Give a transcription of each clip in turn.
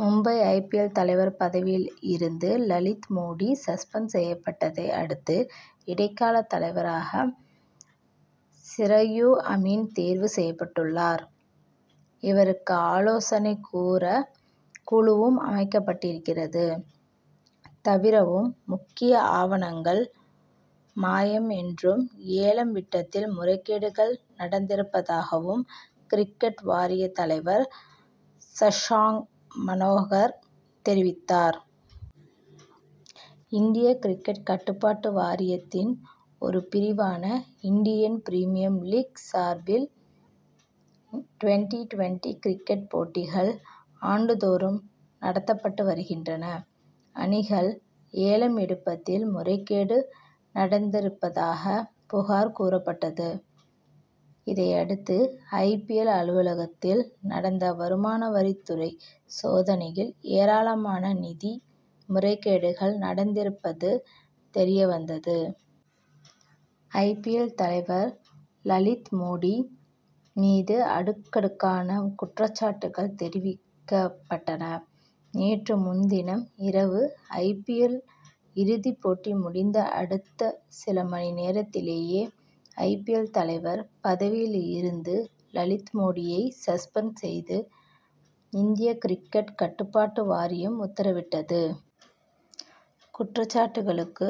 Mumbai I. P. L. தலைவர் பதவியில் இருந்து லலித் மோடி சஸ்பெண்ட் செய்யப்பட்டதை அடுத்து இடைக்கால தலைவராக சிரயு அமீன் தேர்வு செய்யப்பட்டுள்ளார். இவருக்கு ஆலோசனை கூற குழுவும் அமைக்கப்பட்டிருக்கிறது. தவிரவும் முக்கிய ஆவணங்கள் மாயம் என்றும் ஏலம் விட்டதில் முறைகேடுகள் நடந்திருப்பதாகவும் கிரிக்கெட் வாரியத் தலைவர் சஷாங் மனோகர் தெரிவித்தார். இந்திய கிரிக்கெட் கட்டுப்பாட்டு வாரியத்தின் ஒரு பிரிவான இந்தியன் பிரிமியர் லீக் சார்பில் டுவென்டி-டுவென்டி கிரிக்கெட் போட்டிகள் ஆண்டு தோறும் நடத்தப்பட்டு வருகின்றன. அணிகள் ஏலம் எடுக்கப்பட்டதில் முறைகேடு நடந்திருப்பதாக புகார் கூறப்பட்டது. இதையடுத்து ஐ. பி. எல். அலுவலகத்தில் நடந்த வருமானவரித் துறை சோதனையில் ஏராளமான நிதி முறைகேடுகள் நடந்திருப்பது தெரியவந்தது. ஐ. பி. எல். தலைவர் லலித் மோடி மீது அடுக்கடுக்கான குற்றச்சாட்டுகள் தெரிவிக்கப்பட்டன. நேற்று முன்தினம் இரவு ஐ. பி. எல். இறுதிப் போட்டி முடிந்த அடுத்த சில மணி நேரத்திலேயே ஐ. பி. எல். தலைவர் பதவியில் இருந்து லலித் மோடியை சஸ்பெண்ட் செய்து இந்திய கிரிக்கெட் கட்டுப்பாட்டு வாரியம் உத்தரவிட்டது. குற்றச்சாட்டுகளுக்கு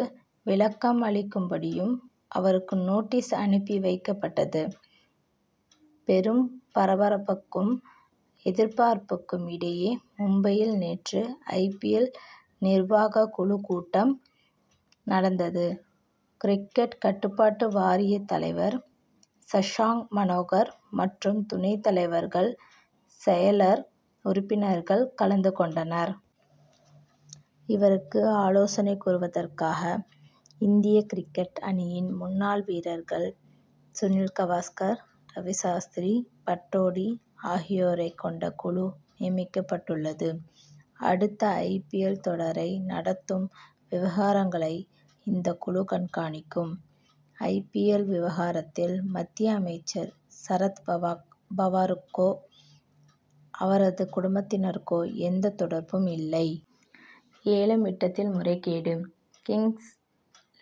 விளக்கம் அளிக்கும்படியும் அவருக்கு நோட்டீஸ் அனுப்பி வைக்கப்பட்டது. பெரும் பரபரப்புக்கும் எதிர்பார்ப்புக்கும் இடையே மும்பையில் நேற்று ஐ. பி. எல். நிர்வாகக் குழு கூட்டம் நடந்தது. கிரிக்கெட் கட்டுப்பாட்டு வாரிய தலைவர் சஷாங் மனோகர் மற்றும் துணைத் தலைவர்கள் செயலர் உறுப்பினர்கள் கலந்து கொண்டனர். இவருக்கு ஆலோசனை கூறுவதற்காக இந்திய கிரிக்கெட் அணியின் முன்னாள் வீரர்கள் சுனில் கவாஸ்கர் ரவி சாஸ்திரி பட்டோடி ஆகியோரைக் கொண்ட குழு நியமிக்கப்பட்டுள்ளது. அடுத்த ஐ. பி. எல். தொடரை நடத்தும் விவகாரங்களை இந்த குழு கண்காணிக்கும். ஐ. பி. எல். விவகாரத்தில் மத்திய அமைச்சர் சரத் பவாருக்கோ அவரது குடும்பத்தினருக்கோ எந்த தொடர்பும் இல்லை. ஏலம் விட்டதில் முறைகேடு. Kings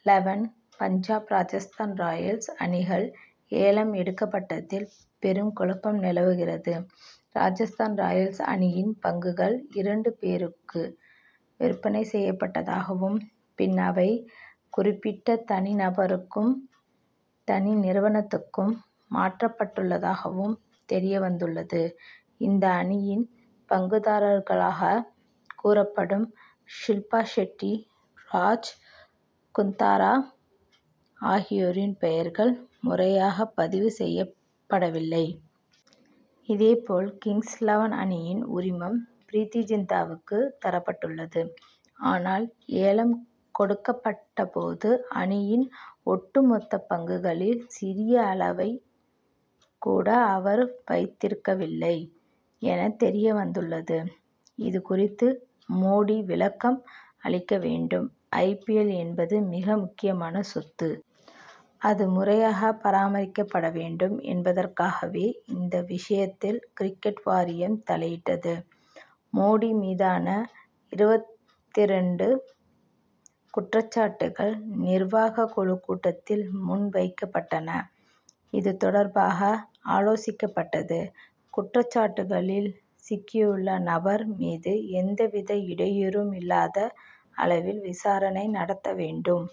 Eleven Punjab Rajasthan Royals அணிகள் ஏலம் எடுக்கப்பட்டதில் பெரும் குழப்பம் நிலவுகிறது. ராஜஸ்தான் ராயல்ஸ் அணியின் பங்குகள் இரண்டு பேருக்கு விற்பனை செய்யப்பட்டதாகவும் பின் அவை குறிப்பிட்ட தனி நபருக்கும் தனி நிறுவனத்துக்கும் மாற்றப்பட்டுள்ளதாகவும் தெரியவந்துள்ளது. இந்த அணியின் பங்குதாரர்களாக கூறப்படும் ஷில்பா ஷெட்டி ராஜ் குந்த்ரா ஆகியோரின் பெயர்கள் முறையாக பதிவு செய்யப்படவில்லை. இதேபோல் கிங்ஸ் லெவன் அணியின் உரிமம் ப்ரீத்தி ஜிந்தாவுக்கு தரப்பட்டுள்ளது. ஆனால் ஏலம் கொடுக்கப்பட்டபோது அணியின் ஒட்டுமொத்த பங்குகளில் சிறிய அளவைக் கூட அவர் வைத்திருக்கவில்லை என தெரியவந்துள்ளது. இதுகுறித்து மோடி விளக்கம் அளிக்க வேண்டும். ஐ. பி. எல். என்பது மிக முக்கியமான சொத்து. அது முறையாக பராமரிக்கப்பட வேண்டும் என்பதற்காகவே இந்த விஷயத்தில் கிரிக்கெட் வாரியம் தலையிட்டது. மோடி மீதான இருபத்திரண்டு குற்றச்சாட்டுகள் நிர்வாகக் குழு கூட்டத்தில் முன் வைக்கப் பட்டன. இது தொடர்பாக ஆலோசிக்கப்பட்டது. குற்றச்சாட்டுகளில் சிக்கியுள்ள நபர் மீது எந்தவித இடையூறும் இல்லாத அளவில் விசாரணை நடத்த வேண்டும்